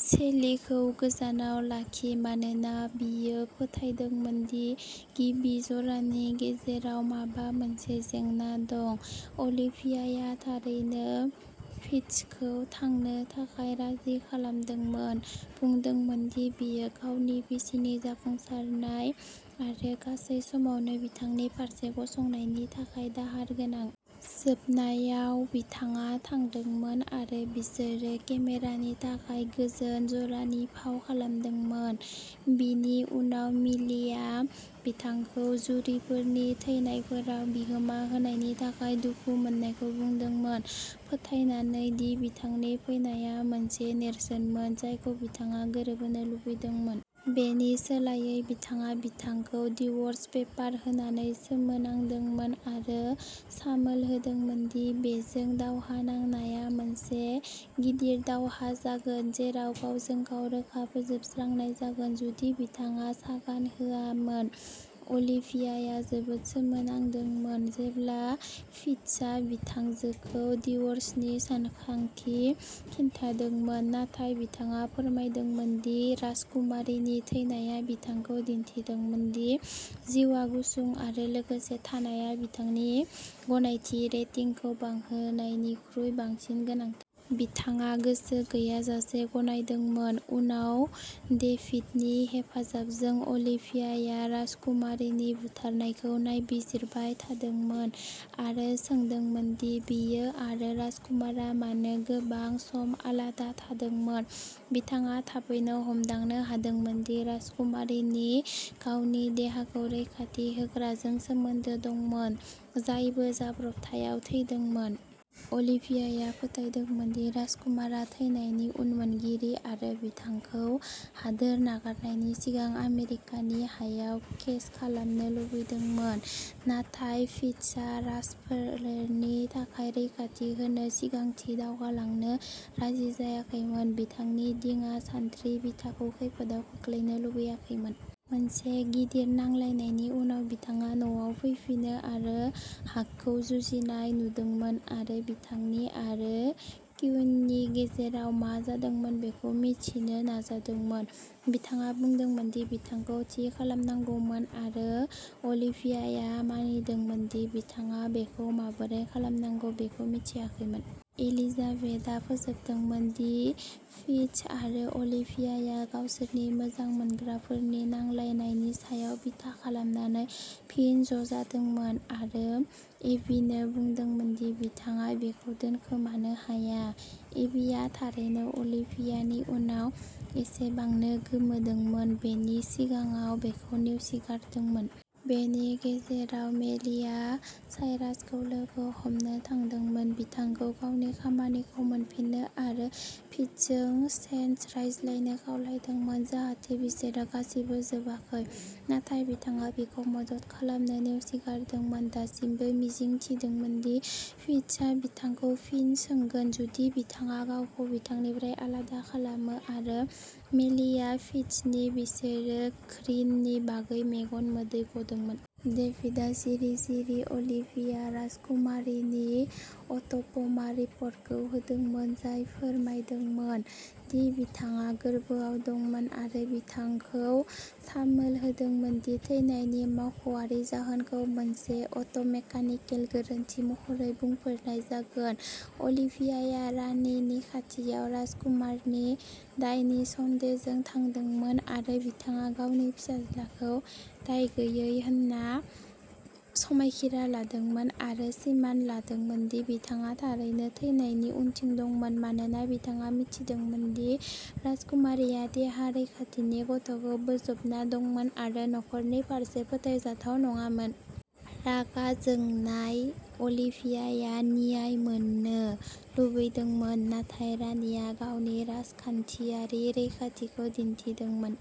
सेलिखौ गोजानाव लाखि मानोना बियो फोथायदोंमोन दि गिबि जरानि गेजेराव माबा मोनसे जेंना दं। अलिभियाया थारैनो फिट्जखौ थांनो थाखाय राजि खालामदोंमोन बुंदोंमोन दि बियो गावनि बिसिनि जाफुंसारनाय आरो गासै समावनो बिथांनि फारसे गसंनायनि थाखाय "दाहार गोनां"। जोबनायाव बिथाङा थांदोंमोन आरो बिसोरो केमेरानि थाखाय गोजोन जरानि फाव खालामदोंमोन। बेनि उनाव मेलिआ बिथांखौ जुरीफोरनि थैनायफोराव बिहोमा होनायनि थाखाय दुखु मोन्नायखौ बुंदोंमोन फोथायनानै दि बिथांनि फैनाया मोनसे नेरसोनमोन जायखौ बिथाङा गोरोबहोनो लुबैदोंमोन। बेनि सोलायै बिथाङा बिथांखौ डिव'र्स पेपार होनानै सोमोनांदोंमोन आरो सामोल होदोंमोन दि बेजों दावहा नांनाया मोनसे गिदिर दावहा जागोन जेराव "गावजों-गाव रोखा फोजोबस्रांनाय" जागोन जुदि बिथाङा सागान होआमोन। अलिभियाया जोबोद सोमोनांदोंमोन जेब्ला फिट्जआ बिथांजोखौ डिव'र्सनि सानथांखि खिन्थादोंमोन नाथाय बिथाङा फोरमायदोंमोन दि राजकुमारीनि थैनाया बिथांखौ दिन्थिदोंमोन दि जिउआ गुसुं आरो लोगोसे थानाया बिथांनि गनायथि रेटिंखौ बांहोनायनिख्रुइ बांसिन गोनांथार। बिथाङा गोसो गैयाजासे गनायदोंमोन। उनाव डेभिडनि हेफाजाबजों अलिभियाया राजकुमारीनि बुथारनायखौ नायबिजिरबाय थादोंमोन आरो सोंदोंमोन दि बियो आरो राजकुमारआ मानो गोबां सम आलादा थादोंमोन। बिथाङा थाबैनो हमदांनो हादोंमोन दि राजकुमारीनि गावनि देहा रैखाथि होग्राजों सोमोन्दो दंमोन जायबो जाब्रबथायाव थैदोंमोन। अलिभियाया फोथायदोंमोन दि राजकुमारआ थैनायनि उनमोनगिरि आरो बिथांखौ हादोर नागारनायनि सिगां आमेरिकानि हायाव केस खालामनो लुबैदोंमोन नाथाय फिट्जआ राजफोलेरनि थाखाय रैखाथि होनो सिगांथिं दावगालांनो राजि जायाखैमोन बिथांनि दिङा सान्थ्रि बिथाखौ खैफोदआव खोख्लैनो लुबैयाखैमोन। मोनसे गिदिर नांलायनायनि उनाव बिथाङा न'आव फैफिनो आरो हाकखौ जुजिनाय नुदोंमोनआरो बिथांनि आरो क्विननि गेजेराव मा जादोंमोन बेखौ मिथिनो नाजादोंमोन। बिथाङा बुंदोंमोन दि बिथांखौ "थि" खालामनांगौमोन आरो अलिभियाया मानिदोंमोन दि बिथाङा बेखौ माबोरै खालामनांगौ बेखौ मिथियाखैमोन। एलिजाबेथआ फोजोबदोंमोन दि फिट्ज आरो अलिभियाया गावसोरनि "मोजां मोनग्राफोरनि नांलायनाय" नि सायाव बिथा खालामनानै फिन ज'जादोंमोन आरो एबीनो बुंदोंमोन दि बिथाङा बेखौ दोनखोमानो हाया। एबीआ थारैनो अलिभियानि उनाव एसेबांनो गोमोदोंमोन। बेनि सिगाङाव बेखौ नेवसिगारदोंमोन। बेनि गेजेराव मेलिआ साइरासखौ लोगो हमनो थांदोंमोन बिथांखौ गावनि खामानिखौ मोनफिन्नो आरो फिट्जजों "सेन्स" रायज्लायनो खावलायदोंमोन जाहाथे बिसोर "गासिबो जोबाखै"। नाथाय बिथाङा बिखौ मदद खालामनो नेवसिगारदोंमोन दासिमबो मिजिं थिदोंमोन दि फिट्जआ बिथांखौ फिन सोंगोन जुदि बिथाङा गावखौ बिथांनिफ्राय आलादा खालामो आरो मेलिआ फिट्जनि बिसोरनि घृणनि बागै मेगन मोदै गदोंमोन। डेभिडआ सिरि सिरि अलिभिया राजकुमारीनि अट'प'मा रिपर्टखौ होदोंमोन जाय फोरमायदोंमोन दि बिथाङा गोर्बोआव दंमोन आरो बिथांखौ सामोल होदोंमोन दि थैनायनि मावख'आरि जाहोनखौ मोनसे अट'मेकानिकेल गोरोन्थि महरै बुंफोरनाय जागोन। अलिभियाया रानीनि खाथियाव राजकुमारनि दायनि सन्देहजों थांदोंमोन आरो बिथाङा गावनि फिसाज्लाखौ दाय गैयै होन्ना समायखिरा लादोंमोन आरो सिमान लादोंमोन दि बिथाङा थारैनो थैनायनि उनथिं दंमोन मानोना बिथाङा मिथिदोंमोन दि राजकुमारीया देहा रैखाथिनि गथ'खौ बोजबना दंमोन आरो न'खरनि फारसे फोथायजाथाव नङामोन। रागा जोंनाय अलिभियाया "न्याय" मोन्नो लुबैदोंमोन नाथाय रानीया गावनि राजखानथियारि रैखाथिखौ दिन्थिदोंमोन।